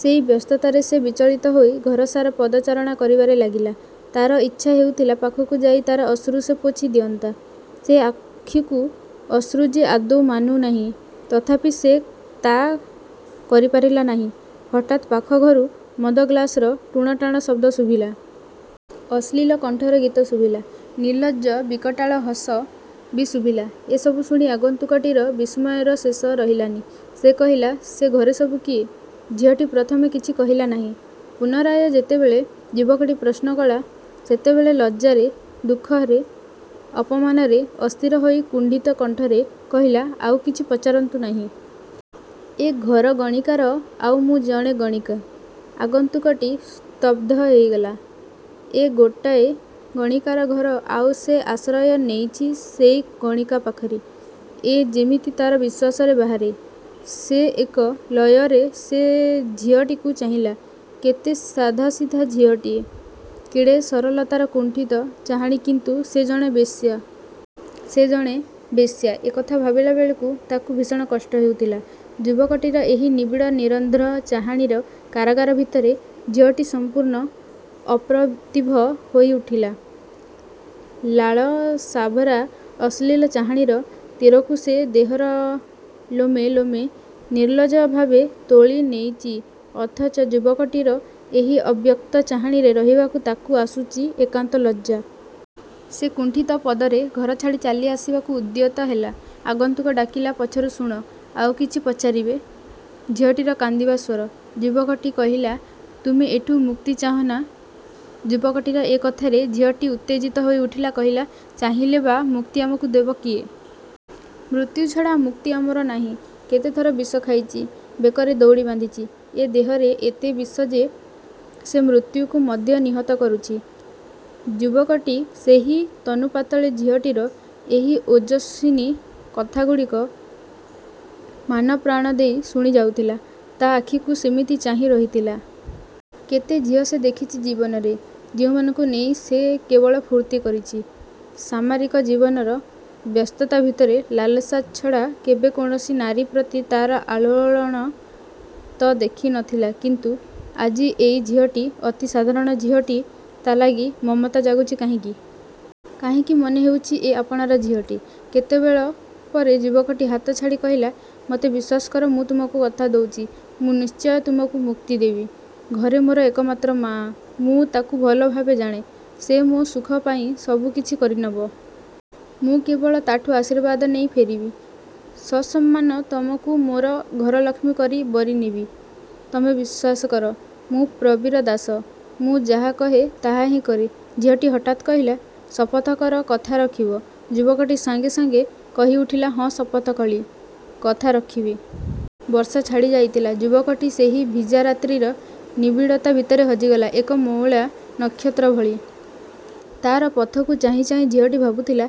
ସେଇ ବ୍ୟସ୍ତତାରେ ସେ ବିଚଳିତ ହୋଇ ଘରସାରା ପଦଚାରଣା କରିବାରେ ଲାଗିଲା। ତାର ଇଚ୍ଛା ହେଉଥିଲା ପାଖକୁ ଯାଇ ତାର ଅଶ୍ରୁ ସେ ପୋଛି ଦିଅନ୍ତା। ସେ ଆଖିକୁ ଅଶ୍ରୁ ଯେ ଆଦୌ ମାନୁ ନାହିଁ ତଥାପି ସେ ତା କରିପାରିଲା ନାହିଁ। ହଠାତ୍ ପାଖ ଘରୁ ମଦ ଗ୍ଲାସର ଟୁଣଟାଣ ଶବ୍ଦ ଶୁଭିଲା। ଅଶ୍ଳୀଳ କଣ୍ଠର ଗୀତ ଶୁଭିଲା, ନିଲଜ୍ଜ ବିକଟାଳ ହସ ବି ଶୁଭିଲା ଏ ସବୁ ଶୁଣି ଆଗନ୍ତୁକଟିର ବିସ୍ମୟର ଶେଷ ରହିଲାନି। ସେ କହିଲା, ସେ ଘରେ ସବୁ କିଏ? ଝିଅଟି ପ୍ରଥମେ କିଛି କହିଲା ନାହିଁ, ପୁନରାୟ ଯେତେବେଳେ ଯୁବକଟି ପ୍ରଶ୍ନ କଲା ସେତେବେଳେ ଲଜ୍ଜାରେ, ଦୁଃଖରେ, ଅପମାନରେ ଅସ୍ଥିର ହୋଇ କୁଣ୍ଡିତ କଣ୍ଠରେ କହିଲା, ଆଉ କିଛି ପଚାରନ୍ତୁ ନାହିଁ। ଏ ଘର ଗଣିକାର ଆଉ ମୁଁ ଜଣେ ଗଣିକା। ଆଗନ୍ତୁକଟି ସ୍ତବ୍ଧ ହୋଇଗଲା। ଏ ଗୋଟାଏ ଗଣିକାର ଘର ଆଉ ସେ ଆଶ୍ରୟ ନେଇଚି ସେଇ ଗଣିକା ପାଖରେ? ଏ ଯେମିତି ତାର ବିଶ୍ୱାସରେ ବାହାରେ। ସେ ଏକ ଲୟରେ ସେ ଝିଅଟିକୁ ଚାହିଁଲା କେତେ ସାଧାସିଧା ଝିଅଟିଏ, କେଡ଼େ ସରଳତାର କୁଣ୍ଠିତ ଚାହାଣି କିନ୍ତୁ ସେ ଜଣେ ବେଶ୍ୟା। ସେ ଜଣେ ବେଶ୍ୟା, ଏ କଥା ଭାବିଲା ବେଳକୁ ତାକୁ ଭୀଷଣ କଷ୍ଟ ହେଉଥିଲା। ଯୁବକଟିର ଏହି ନିବିଡ଼ ନିରନ୍ଧ୍ର ଚାହାଣିର କାରଗାର ଭିତରେ ଝିଅଟି ସମ୍ପୂର୍ଣ୍ଣ ଅପ୍ରତିଭ ହୋଇ ଉଠିଲା। ଲାଳସାଭରା ଅଶ୍ଳୀଳ ଚାହାଣିର ତୀରକୁ ସେ ଦେହର ଲୋମେ ଲୋମେ ନିର୍ଲଜ୍ଜଭାବେ ତୋଳି ନେଇଚି ଅଥଚ ଯୁବକଟିର ଏହି ଅବ୍ୟକ୍ତ ଚାହାଣିରେ ରହିବାକୁ ତାକୁ ଆସୁଚି ଏକାନ୍ତ ଲଜ୍ଜା। ସେ କୁଣ୍ଠିତ ପଦରେ ଘରଛାଡ଼ି ଚାଲିଆସିବାକୁ ଉଦ୍ୟତ ହେଲା। ଆଗନ୍ତୁକ ଡାକିଲା ପଛରୁ ଶୁଣ, ଆଉ କିଛି ପଚାରିବେ? ଝିଅଟିର କାନ୍ଦିବା ସ୍ୱର। ଯୁବକଟି କହିଲା ତୁମେ ଏଠୁ ମୁକ୍ତି ଚାହଁ ନା? ଯୁବକଟିର ଏ କଥାରେ ଝିଅଟି ଉତ୍ତେଜିତ ହୋଇ ଉଠିଲା କହିଲା, ଚାହିଁଲେ ବା ମୁକ୍ତି ଆମକୁ ଦବ କିଏ? ମୃତ୍ୟୁଛଡ଼ା ମୁକ୍ତି ଆମର ନାହିଁ, କେତେ ଥର ବିଷ ଖାଇଚି, ବେକରେ ଦଉଡ଼ି ବାନ୍ଧିଛି। ଏ ଦେହରେ ଏତେ ବିଷ ଯେ ସେ ମୃତ୍ୟୁକୁ ମଧ୍ୟ ନିହତ କରୁଛି। ଯୁବକଟି ସେହି ତନୁପାତଳୀ ଝିଅଟିର ଏହି ଓଜସ୍ୱିନୀ କଥାଗୁଡ଼ିକ ମାନପ୍ରାଣ ଦେଇ ଶୁଣି ଯାଉଥିଲା। ତା ଆଖିକୁ ସେମିତି ଚାହିଁ ରହିଥିଲା। କେତେ ଝିଅ ସେ ଦେଖିଚି ଜୀବନରେ, ଯେଉଁମାନଙ୍କୁ ନେଇ ସେ କେବଳ ଫୁର୍ତ୍ତି କରିଛି। ସାମାରିକ ଜୀବନର ବ୍ୟସ୍ତତା ଭିତରେ, ଲାଳସା ଛଡ଼ା କେବେ କୌଣସି ନାରୀ ପ୍ରତି ତା ର ଆଲୋଡ଼ନ ତ ଦେଖି ନଥିଲା କିନ୍ତୁ ଆଜି ଏଇ ଝିଅଟି, ଅତି ସାଧାରଣ ଝିଅଟି ତା ଲାଗି ମମତା ଜାଗୁଛି କାହିଁକି? କାହିଁକି ମନେ ହେଉଛି ଏ ଆପଣାର ଝିଅଟି। କେତେବେଳ ପରେ ଯୁବକଟି ହାତଛାଡ଼ି କହିଲା, ମତେ ବିଶ୍ୱାସ କର ମୁଁ ତମକୁ କଥା ଦଉଚି, ମୁଁ ନିଶ୍ଚୟ ତୁମକୁ ମୁକ୍ତି ଦେବି। ଘରେ ମୋର ଏକମାତ୍ର ମାଆ। ମୁଁ ତାକୁ ଭଲଭାବେ ଜାଣେ। ସେ ମୋ ସୁଖ ପାଇଁ ସବୁ କିଛି କରିନେବ। ମୁଁ କେବଳ ତାଠୁ ଆଶୀର୍ବାଦ ନେଇ ଫେରିବି। ସସମ୍ମାନ ତମକୁ ମୋର ଘରଲକ୍ଷ୍ମୀ କରି ବରି ନେବି। ତମେ ବିଶ୍ୱାସ କର, ମୁଁ ପ୍ରବୀର ଦାସ। ମୁଁ ଯାହା କହେ, ତାହା ହିଁ କରେ। ଝିଅଟି ହଠାତ୍ କହିଲା, ଶପଥ କର କଥା ରଖିବ। ଯୁବକଟି ସାଙ୍ଗେ ସାଙ୍ଗେ କହି ଉଠିଲା ହଁ ଶପଥ କଲି, କଥା ରଖିବି। ବର୍ଷା ଛାଡ଼ି ଯାଇଥିଲା। ଯୁବକଟି ସେଇ ଭିଜା ରାତ୍ରିର ନିବିଡ଼ତା ଭିତରେ ହଜିଗଲା ଏକ ମଉଳା ନକ୍ଷତ୍ର ଭଳି। ତାର ପଥକୁ ଚାହିଁ ଚାହିଁ ଝିଅଟି ଭାବୁଥିଲା,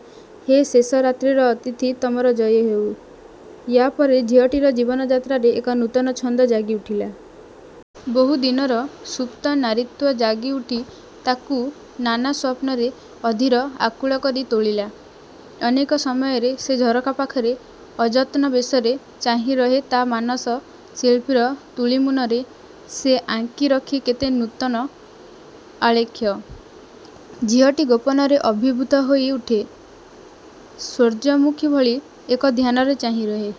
ହେ ଶେଷ ରାତ୍ରିର ଅତିଥି ତମର ଜୟ ହେଉ। ୟାପରେ ଝିଅଟିର ଜୀବନଯାତ୍ରାରେ ଏକ ନୂତନ ଛନ୍ଦ ଜାଗି ଉଠିଲା। ବହୁ ଦିନର ସୁପ୍ତ ନାରୀତ୍ଵ ଜାଗି ଉଠି ତାକୁ ନାନା ସ୍ୱପ୍ନରେ, ଅଧୀର, ଆକୁଳ କରି ତୋଳିଲା। ଅନେକ ସମୟରେ ସେ ଝରକା ପାଖରେ, ଅଯତ୍ନ ବେଶରେ ଚାହିଁ ରହେ ତା ମାନସ ଶିଳ୍ପୀର ତୂଳିମୁନରେ, ସେ ଆଙ୍କି ରଖେ କେତେ ନୂତନ ଆଲେଖ୍ୟ। ଝିଅଟି ଗୋପନରେ ଅଭିଭୂତ ହୋଇ ଉଠେ, ସୂର୍ଯ୍ୟମୁଖୀ ଭଳି ଏକ ଧ୍ୟାନରେ ଚାହିଁ ରହେ।